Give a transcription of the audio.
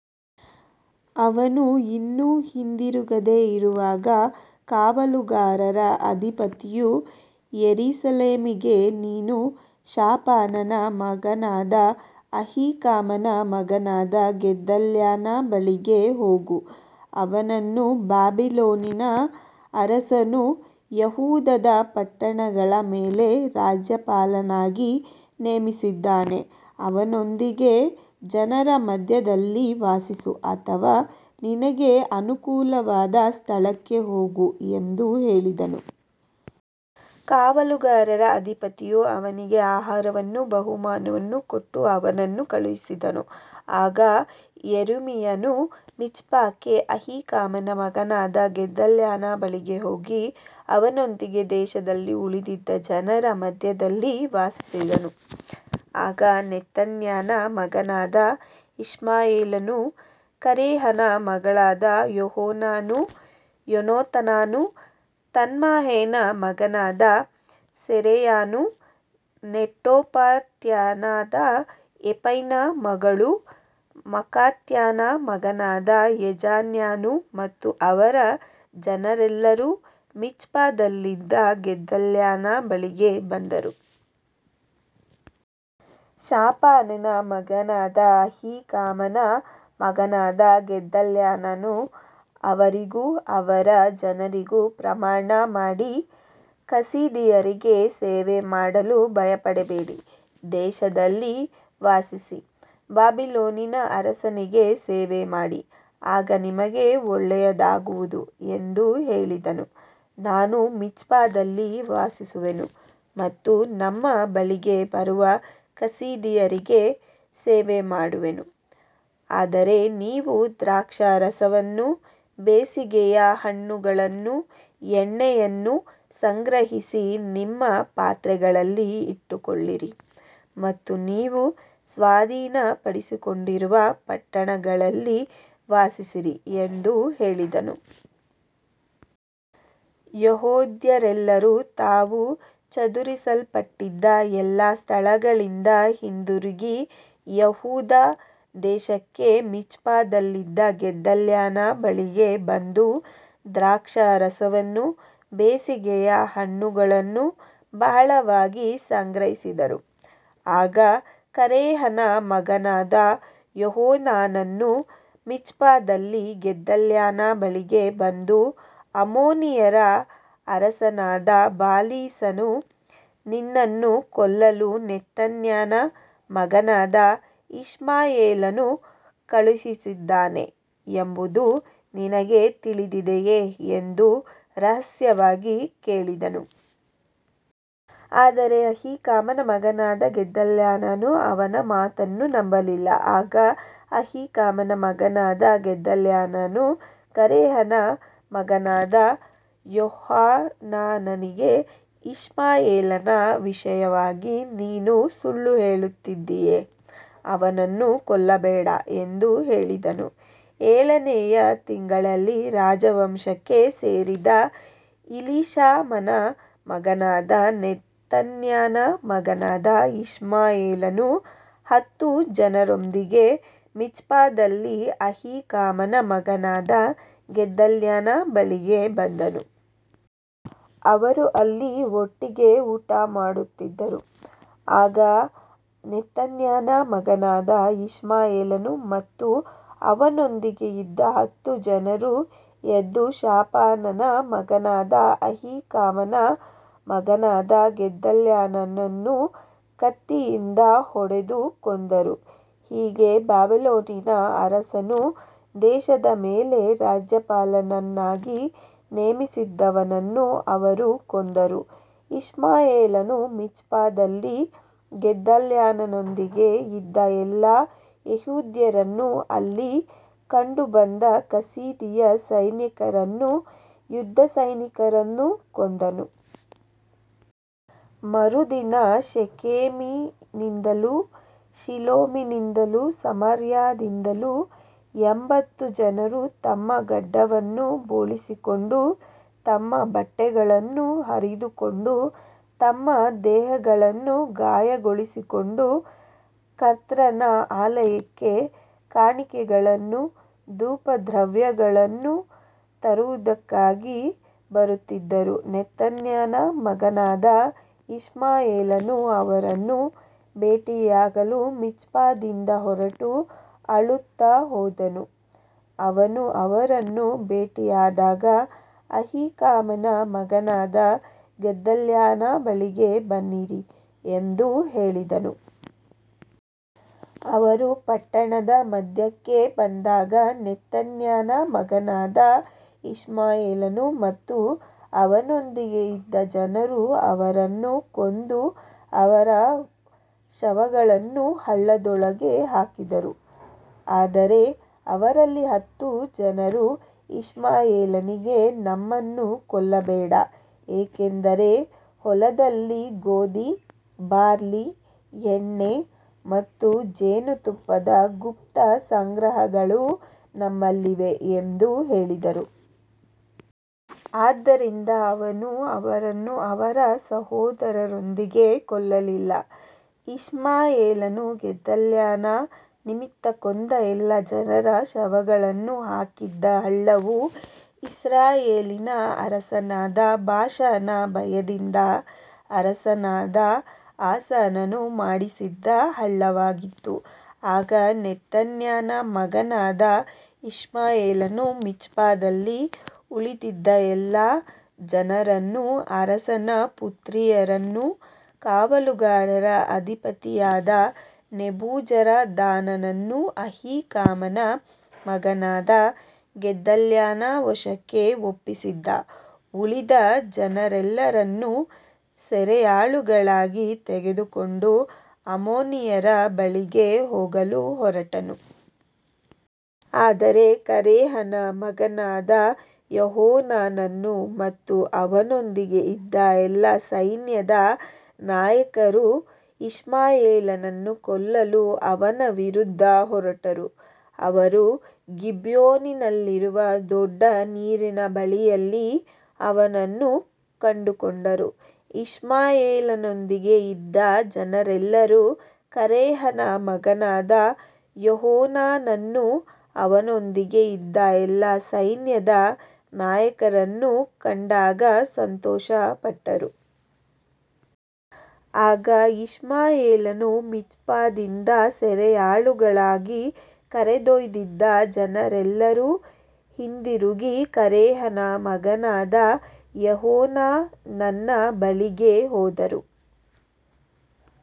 ಅವನು ಇನ್ನೂ ಹಿಂದಿರುಗದೆ ಇರುವಾಗ, ಕಾವಲುಗಾರರ ಅಧಿಪತಿಯು ಯೆರೆಮೀಯನಿಗೆ, ನೀನು ಶಾಫಾನನ ಮಗನಾದ ಅಹೀಕಾಮನ ಮಗನಾದ ಗೆದಲ್ಯನ ಬಳಿಗೆ ಹೋಗು, ಅವನನ್ನು ಬಾಬಿಲೋನಿನ ಅರಸನು ಯೆಹೂದದ ಪಟ್ಟಣಗಳ ಮೇಲೆ ರಾಜ್ಯಪಾಲನನ್ನಾಗಿ ನೇಮಿಸಿದ್ದಾನೆ, ಅವನೊಂದಿಗೆ ಜನರ ಮಧ್ಯದಲ್ಲಿ ವಾಸಿಸು, ಅಥವಾ ನಿನಗೆ ಅನುಕೂಲಕರವಾದ ಸ್ಥಳಕ್ಕೆ ಹೋಗು ಎಂದು ಹೇಳಿದನು. ಕಾವಲುಗಾರರ ಅಧಿಪತಿಯು ಅವನಿಗೆ ಆಹಾರವನ್ನೂ ಬಹುಮಾನವನ್ನೂ ಕೊಟ್ಟು ಅವನನ್ನು ಕಳುಹಿಸಿದನು. ಆಗ ಯೆರೆಮೀಯನು ಮಿಜ್ಪಾಕ್ಕೆ ಅಹೀಕಾಮನ ಮಗನಾದ ಗೆದಲ್ಯನ ಬಳಿಗೆ ಹೋಗಿ, ಅವನೊಂದಿಗೆ ದೇಶದಲ್ಲಿ ಉಳಿದಿದ್ದ ಜನರ ಮಧ್ಯದಲ್ಲಿ ವಾಸಿಸಿದನು. ಆಗ ನೆತನ್ಯನ ಮಗನಾದ ಇಷ್ಮಾಯೇಲನು, ಕರೇಹನ ಮಕ್ಕಳಾದ ಯೋಹಾನಾನನೂ ಯೋನಾತಾನನೂ, ತನ್ಹುಮೆತನ ಮಗನಾದ ಸೆರಾಯನು, ನೆಟೋಫಾತ್ಯನಾದ ಎಫೈನ ಮಕ್ಕಳು, ಮಾಕಾತ್ಯನ ಮಗನಾದ ಯೆಜಾನ್ಯನು ಮತ್ತು ಅವರ ಜನರೆಲ್ಲರೂ ಮಿಜ್ಪಾದಲ್ಲಿದ್ದ ಗೆದಲ್ಯನ ಬಳಿಗೆ ಬಂದರು. ಶಾಫಾನನ ಮಗನಾದ ಅಹೀಕಾಮನ ಮಗನಾದ ಗೆದಲ್ಯನು ಅವರಿಗೂ ಅವರ ಜನರಿಗೂ ಪ್ರಮಾಣಮಾಡಿ, ಕಸ್ದೀಯರಿಗೆ ಸೇವೆಮಾಡಲು ಭಯಪಡಬೇಡಿ, ದೇಶದಲ್ಲಿ ವಾಸಿಸಿ ಬಾಬಿಲೋನಿನ ಅರಸನಿಗೆ ಸೇವೆಮಾಡಿರಿ, ಆಗ ನಿಮಗೆ ಒಳ್ಳೆಯದಾಗುವುದು ಎಂದು ಹೇಳಿದನು. ನಾನು ಮಿಜ್ಪಾದಲ್ಲಿ ವಾಸಿಸುವೆನು ಮತ್ತು ನಮ್ಮ ಬಳಿಗೆ ಬರುವ ಕಸ್ದೀಯರಿಗೆ ಸೇವೆಮಾಡುವೆನು, ಆದರೆ ನೀವು ದ್ರಾಕ್ಷಾರಸವನ್ನೂ ಬೇಸಿಗೆಯ ಹಣ್ಣುಗಳನ್ನೂ ಎಣ್ಣೆಯನ್ನೂ ಸಂಗ್ರಹಿಸಿ ನಿಮ್ಮ ಪಾತ್ರೆಗಳಲ್ಲಿ ಇಟ್ಟುಕೊಳ್ಳಿರಿ ಮತ್ತು ನೀವು ಸ್ವಾಧೀನಪಡಿಸಿಕೊಂಡಿರುವ ಪಟ್ಟಣಗಳಲ್ಲಿ ವಾಸಿಸಿರಿ ಎಂದು ಹೇಳಿದನು. ಯೆಹೂದ್ಯರೆಲ್ಲರೂ ತಾವು ಚದುರಿಸಲ್ಪಟ್ಟಿದ್ದ ಎಲ್ಲಾ ಸ್ಥಳಗಳಿಂದ ಹಿಂದಿರುಗಿ ಯೆಹೂದ ದೇಶಕ್ಕೆ, ಮಿಜ್ಪಾದಲ್ಲಿದ್ದ ಗೆದಲ್ಯನ ಬಳಿಗೆ ಬಂದು, ದ್ರಾಕ್ಷಾರಸವನ್ನೂ ಬೇಸಿಗೆಯ ಹಣ್ಣುಗಳನ್ನೂ ಬಹಳವಾಗಿ ಸಂಗ್ರಹಿಸಿದರು. ಆಗ ಕರೇಹನ ಮಗನಾದ ಯೋಹಾನಾನನು ಮಿಜ್ಪಾದಲ್ಲಿ ಗೆದಲ್ಯನ ಬಳಿಗೆ ಬಂದು, ಅಮ್ಮೋನಿಯರ ಅರಸನಾದ ಬಾಲೀಸನು ನಿನ್ನನ್ನು ಕೊಲ್ಲಲು ನೆತನ್ಯನ ಮಗನಾದ ಇಷ್ಮಾಯೇಲನನ್ನು ಕಳುಹಿಸಿದ್ದಾನೆ ಎಂಬುದು ನಿನಗೆ ತಿಳಿದಿದೆಯೇ ಎಂದು ರಹಸ್ಯವಾಗಿ ಹೇಳಿದನು. ಆದರೆ ಅಹೀಕಾಮನ ಮಗನಾದ ಗೆದಲ್ಯನು ಅವನ ಮಾತನ್ನು ನಂಬಲಿಲ್ಲ. ಆಗ ಅಹೀಕಾಮನ ಮಗನಾದ ಗೆದಲ್ಯನು ಕರೇಹನ ಮಗನಾದ ಯೋಹಾನಾನನಿಗೆ, ಇಷ್ಮಾಯೇಲನ ವಿಷಯವಾಗಿ ನೀನು ಸುಳ್ಳು ಹೇಳುತ್ತಿದ್ದೀಯೆ, ಅವನನ್ನು ಕೊಲ್ಲಬೇಡ ಎಂದು ಹೇಳಿದನು. ಏಳನೆಯ ತಿಂಗಳಲ್ಲಿ ರಾಜವಂಶಕ್ಕೆ ಸೇರಿದ ಎಲೀಷಾಮನ ಮಗನಾದ ನೆತನ್ಯನ ಮಗನಾದ ಇಷ್ಮಾಯೇಲನು ಹತ್ತು ಜನರೊಂದಿಗೆ ಮಿಜ್ಪಾದಲ್ಲಿದ್ದ ಅಹೀಕಾಮನ ಮಗನಾದ ಗೆದಲ್ಯನ ಬಳಿಗೆ ಬಂದನು. ಅವರು ಅಲ್ಲಿ ಒಟ್ಟಿಗೆ ಊಟಮಾಡುತ್ತಿದ್ದರು. ಆಗ ನೆತನ್ಯನ ಮಗನಾದ ಇಷ್ಮಾಯೇಲನು ಮತ್ತು ಅವನೊಂದಿಗೆ ಇದ್ದ ಹತ್ತು ಜನರು ಎದ್ದು, ಶಾಫಾನನ ಮಗನಾದ ಅಹೀಕಾಮನ ಮಗನಾದ ಗೆದಲ್ಯನನ್ನು ಕತ್ತಿಯಿಂದ ಹೊಡೆದು ಕೊಂದರು. ಹೀಗೆ ಬಾಬಿಲೋನಿನ ಅರಸನು ದೇಶದ ಮೇಲೆ ರಾಜ್ಯಪಾಲನನ್ನಾಗಿ ನೇಮಿಸಿದ್ದವನನ್ನು ಅವರು ಕೊಂದರು. ಇಷ್ಮಾಯೇಲನು ಮಿಜ್ಪಾದಲ್ಲಿ ಗೆದಲ್ಯನೊಂದಿಗೆ ಇದ್ದ ಎಲ್ಲಾ ಯೆಹೂದ್ಯರನ್ನೂ, ಅಲ್ಲಿ ಕಂಡುಬಂದ ಕಸ್ದೀಯ ಸೈನಿಕರನ್ನೂ ಯುದ್ಧಸೈನಿಕರನ್ನೂ ಕೊಂದನು. ಮರುದಿನ ಶೆಕೆಮಿನಿಂದಲೂ, ಶೀಲೋವಿನಿಂದಲೂ, ಸಮಾರ್ಯದಿಂದಲೂ ಎಂಭತ್ತು ಜನರು ತಮ್ಮ ಗಡ್ಡವನ್ನು ಬೋಳಿಸಿಕೊಂಡು, ತಮ್ಮ ಬಟ್ಟೆಗಳನ್ನು ಹರಿದುಕೊಂಡು, ತಮ್ಮ ದೇಹಗಳನ್ನು ಗಾಯಗೊಳಿಸಿಕೊಂಡು, ಕರ್ತನ ಆಲಯಕ್ಕೆ ಕಾಣಿಕೆಗಳನ್ನೂ ಧೂಪದ್ರವ್ಯವನ್ನೂ ತರುವುದಕ್ಕಾಗಿ ಬರುತ್ತಿದ್ದರು. ನೆತನ್ಯನ ಮಗನಾದ ಇಷ್ಮಾಯೇಲನು ಅವರನ್ನು ಭೇಟಿಯಾಗಲು ಮಿಜ್ಪಾದಿಂದ ಹೊರಟು ಅಳುತ್ತಾ ಹೋದನು. ಅವನು ಅವರನ್ನು ಭೇಟಿಯಾದಾಗ, ಅಹೀಕಾಮನ ಮಗನಾದ ಗೆದಲ್ಯನ ಬಳಿಗೆ ಬನ್ನಿರಿ ಎಂದು ಹೇಳಿದನು. ಅವರು ಪಟ್ಟಣದ ಮಧ್ಯಕ್ಕೆ ಬಂದಾಗ, ನೆತನ್ಯನ ಮಗನಾದ ಇಷ್ಮಾಯೇಲನು ಮತ್ತು ಅವನೊಂದಿಗೆ ಇದ್ದ ಜನರು ಅವರನ್ನು ಕೊಂದು, ಅವರ ಶವಗಳನ್ನು ಹಳ್ಳದೊಳಗೆ ಹಾಕಿದರು. ಆದರೆ ಅವರಲ್ಲಿ ಹತ್ತು ಜನರು ಇಷ್ಮಾಯೇಲನಿಗೆ, ನಮ್ಮನ್ನು ಕೊಲ್ಲಬೇಡ, ಏಕೆಂದರೆ ಹೊಲದಲ್ಲಿ ಗೋಧಿ, ಬಾರ್ಲಿ, ಎಣ್ಣೆ ಮತ್ತು ಜೇನುತುಪ್ಪದ ಗುಪ್ತ ಸಂಗ್ರಹಗಳು ನಮ್ಮಲ್ಲಿವೆ ಎಂದು ಹೇಳಿದರು. ಆದ್ದರಿಂದ ಅವನು ಅವರನ್ನು ಅವರ ಸಹೋದರರೊಂದಿಗೆ ಕೊಲ್ಲಲಿಲ್ಲ. ಇಷ್ಮಾಯೇಲನು ಗೆದಲ್ಯನ ನಿಮಿತ್ತ ಕೊಂದ ಎಲ್ಲಾ ಜನರ ಶವಗಳನ್ನು ಹಾಕಿದ್ದ ಹಳ್ಳವು ಇಸ್ರಾಯೇಲಿನ ಅರಸನಾದ ಬಾಷನ ಭಯದಿಂದ ಅರಸನಾದ ಆಸನು ಮಾಡಿಸಿದ್ದ ಹಳ್ಳವಾಗಿತ್ತು. ಆಗ ನೆತನ್ಯನ ಮಗನಾದ ಇಷ್ಮಾಯೇಲನು ಮಿಜ್ಪಾದಲ್ಲಿ ಉಳಿದಿದ್ದ ಎಲ್ಲಾ ಜನರನ್ನೂ, ಅರಸನ ಪುತ್ರಿಯರನ್ನೂ, ಕಾವಲುಗಾರರ ಅಧಿಪತಿಯಾದ ನೆಬೂಜರದಾನನು ಅಹೀಕಾಮನ ಮಗನಾದ ಗೆದಲ್ಯನ ವಶಕ್ಕೆ ಒಪ್ಪಿಸಿದ್ದ ಉಳಿದ ಜನರೆಲ್ಲರನ್ನೂ ಸೆರೆಯಾಳುಗಳಾಗಿ ತೆಗೆದುಕೊಂಡು, ಅಮ್ಮೋನಿಯರ ಬಳಿಗೆ ಹೋಗಲು ಹೊರಟನು. ಆದರೆ ಕರೇಹನ ಮಗನಾದ ಯೋಹಾನಾನನು ಮತ್ತು ಅವನೊಂದಿಗೆ ಇದ್ದ ಎಲ್ಲಾ ಸೈನ್ಯದ ನಾಯಕರು ಇಷ್ಮಾಯೇಲನನ್ನು ಕೊಲ್ಲಲು ಅವನ ವಿರುದ್ಧ ಹೊರಟರು. ಅವರು ಗಿಬ್ಯೋನಿನಲ್ಲಿರುವ ದೊಡ್ಡ ನೀರಿನ ಬಳಿಯಲ್ಲಿ ಅವನನ್ನು ಕಂಡುಕೊಂಡರು. ಇಷ್ಮಾಯೇಲನೊಂದಿಗೆ ಇದ್ದ ಜನರೆಲ್ಲರೂ ಕರೇಹನ ಮಗನಾದ ಯೋಹಾನಾನನನ್ನೂ ಅವನೊಂದಿಗೆ ಇದ್ದ ಎಲ್ಲಾ ಸೈನ್ಯದ ನಾಯಕರನ್ನೂ ಕಂಡಾಗ ಸಂತೋಷಪಟ್ಟರು. ಆಗ ಇಷ್ಮಾಯೇಲನು ಮಿಜ್ಪಾದಿಂದ ಸೆರೆಯಾಳುಗಳಾಗಿ ಕರೆದೊಯ್ದಿದ್ದ ಜನರೆಲ್ಲರೂ ಹಿಂದಿರುಗಿ ಕರೇಹನ ಮಗನಾದ ಯೋಹಾನಾನನ ಬಳಿಗೆ ಹೋದರು.